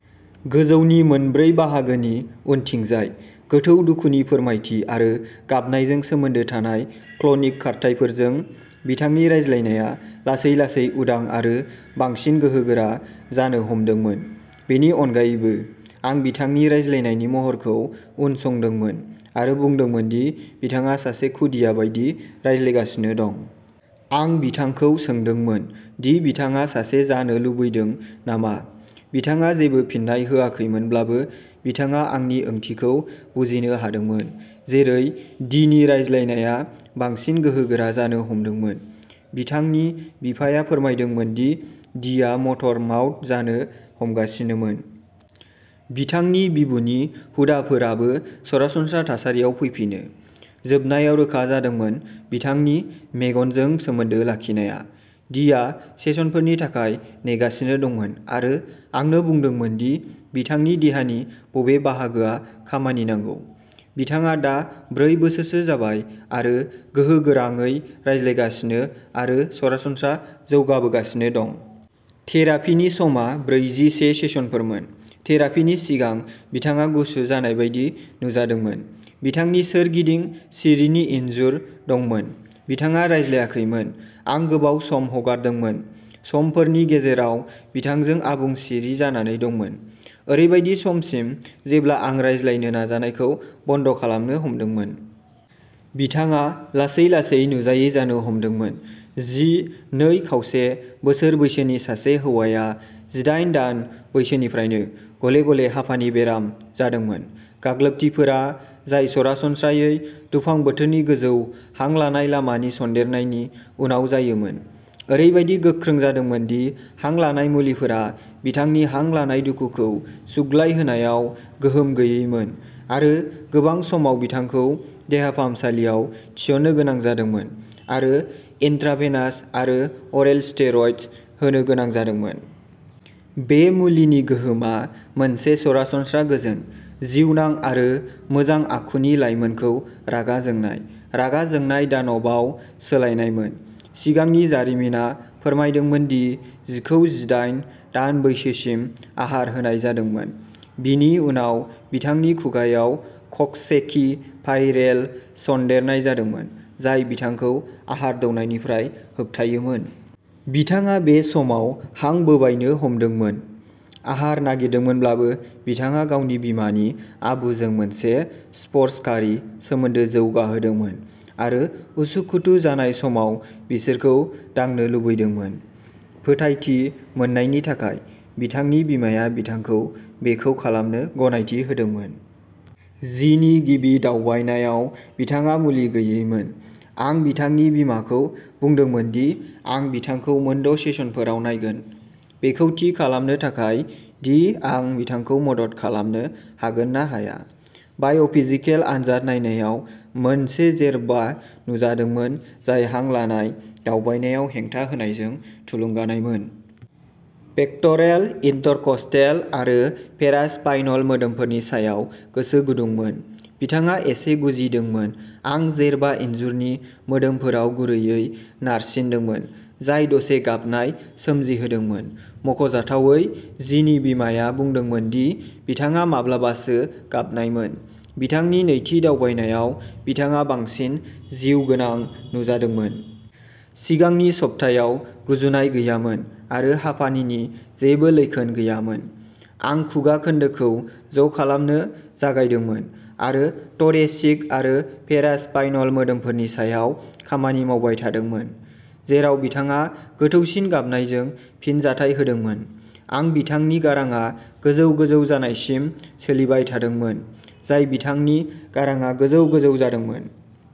गोजौनि मोनब्रै बाहागोनि उनथिंजाय। गोथौ दुखुनि फोरमायथि आरो गाबनायजों सोमोन्दो थानाय क्लनिक खारथाइफोरजों, बिथांनि रायज्लायनाया लासै-लासै उदां आरो बांसिन गोहोगोरा जानो हमदोंमोन। बेनि अनगायैबो, आं बिथांनि रायज्लायनायनि महरखौ उनसंदोंमोन आरो बुंदोंमोन दि बिथाङा सासे खुदिया बायदि रायज्लायगासिनो दं। आं बिथांखौ सोंदोंमोन दि बिथाङा सासे जानो लुबैदों नामा। बिथाङा जेबो फिननाय होआखैमोनब्लाबो, बिथाङा आंनि ओंथिखौ बुजिनो हादोंमोन। जेरै डीनि रायज्लायनाया बांसिन गोहोगोरा जानो हमदोंमोन, बिथांनि बिफाया फोरमायदोंमोन दि डीआ मटर माउथ जानो हमगासिनोमोन। बिथांनि बिबुनि हुदाफोराबो सरासनस्रा थासारियाव फैफिनो। जोबनायाव रोखा जादोंमोन बिथांनि मेगनजों सोमोन्दो लाखिनाया। डीआ सेसनफोरनि थाखाय नेगासिनो दंमोन आरो आंनो बुंदोंमोन दि बिथांनि देहानि बबे बाहागोआ खामानि नांगौ। बिथाङा दा ब्रै बोसोरसो जाबाय आरो गोहोगोराङै रायज्लायगासिनो आरो सरासनस्रा जौगाबोगासिनो दं। थेरापीनि समा ब्रैजि-से सेसनफोरमोन। थेरापीनि सिगां बिथाङा गुसु जानाय बायदि नुजादोंमोन, बिथांनि सोरगिदिं सिरिनि इनजुर दंमोन। बिथाङा रायज्लायाखैमोन। आं गोबाव सम हगारदोंमोन। समफोरनि गेजेराव बिथांजों आबुं सिरि जानानै दंमोन, ओरैबायदि समसिम जेब्ला आं रायज्लायनो नाजानायखौ बन्द' खालामनो हमदोंमोन। बिथाङा लासै-लासै नुजायै जानो हमदोंमोन। जि, नै खावसे बोसोर बैसोनि सासे हौवाया जिदाइन दान बैसोनिफ्रायनो गले-गले हापानि बेराम जादोंमोन। गाग्लोबथिफोरा, जाय सरासनस्रायै दुफां बोथोरनि गोजौ हां लानाय लामानि सन्देरनायनि उनाव जायोमोन, ओरैबायदि गोख्रों जादोंमोन दि हां लानाय मुलिफोरा बिथांनि हां लानाय दुखुखौ सुग्लायहोनायाव गोहोम गैयैमोन, आरो गोबां समाव बिथांखौ देहा फाहामसालियाव थिसननो गोनां जादोंमोन आरो इन्ट्राभेनास आरो अरेल स्टेरइड्स होनो गोनां जादोंमोन। बे मुलिनि गोहोमा मोनसे सरासनस्रा गोजोन, जिउगोनां आरो मोजां आखुनि लाइमोनखौ रागा जोंनाय, रागा जोंनाय दानबआव सोलायनायमोन। सिगांनि जारिमिना फोरमायदोंमोन दि जिखौ जिदाइन दान बैसोसिम आहार होनाय जादोंमोन। बिनि उनाव बिथांनि खुगाआव कक्ससेकि भाइरेल सन्देरनाय जादोंमोन, जाय बिथांखौ आहार दौनायनिफ्राय होबथायोमोन। बिथाङा बे समाव हां बोबायनो हमदोंमोन। आहार नागारदोंमोनब्लाबो, बिथाङा गावनि बिमानि आबुजों मोनसे स्पर्शकारि सोमोनदो जौगाहोदोंमोन। आरो उसुखुथु जानाय समाव बिसोरखौ दांनो लुबैदोंमोन। फोथायथि मोन्नायनि थाखाय, बिथांनि बिमाया बिथांखौ बेखौ खालामनो गनायथि होदोंमोन। जिनि गिबि दावबायनायाव बिथाङा मुलि गैयैमोन। आं बिथांनि बिमाखौ बुंदोंमोन दि आं बिथांखौ मोनद' सेसनफोराव नायगोन बेखौ थि खालामनो थाखाय दि आं बिथांखौ मदद खालामनो हागोन ना हाया। बाय'फिजिकेल आनजाद नायनायाव मोनसे जेरबा नुजादोंमोन जाय हां लानाय दावबायनायाव हेंथा होनायजों थुलुंगानायमोन। पेक्ट'रेल, इन्टरकस्टेल आरो पेरास्पाइनल मोदोमफोरनि सायाव गोसो गुदुंमोन। बिथाङा एसे गुजिदोंमोन। आं जेरबा इन्जुरनि मोदोमफोराव गुरैयै नारसिनदोंमोन जाय दसे गाबनाय सोमजिहोदोंमोन। मख'जाथावै, जिनि बिमाया बुंदोंमोन दि बिथाङा माब्लाबासो गाबनायमोन। बिथांनि नैथि दावबायनायाव बिथाङा बांसिन जिउगोनां नुजादोंमोन। सिगांनि सप्तायाव गुजुनाय गैयामोन आरो हापानिनि जेबो लैखोन गैयामोन। आं खुगा खोन्दोखौ ज' खालामनो जागायदोंमोन आरो थ'रेसिक आरो पेरास्पाइनल मोदोमफोरनि सायाव खामानि मावबाय थादोंमोन, जेराव बिथाङा गोथौसिन गाबनायजों फिनजाथाय होदोंमोन। आं बिथांनि गारांआ गोजौ-गोजौ जानायसिम सोलिबाय थादोंमोन, जाय बिथांनि गारांआ गोजौ-गोजौ जादोंमोन।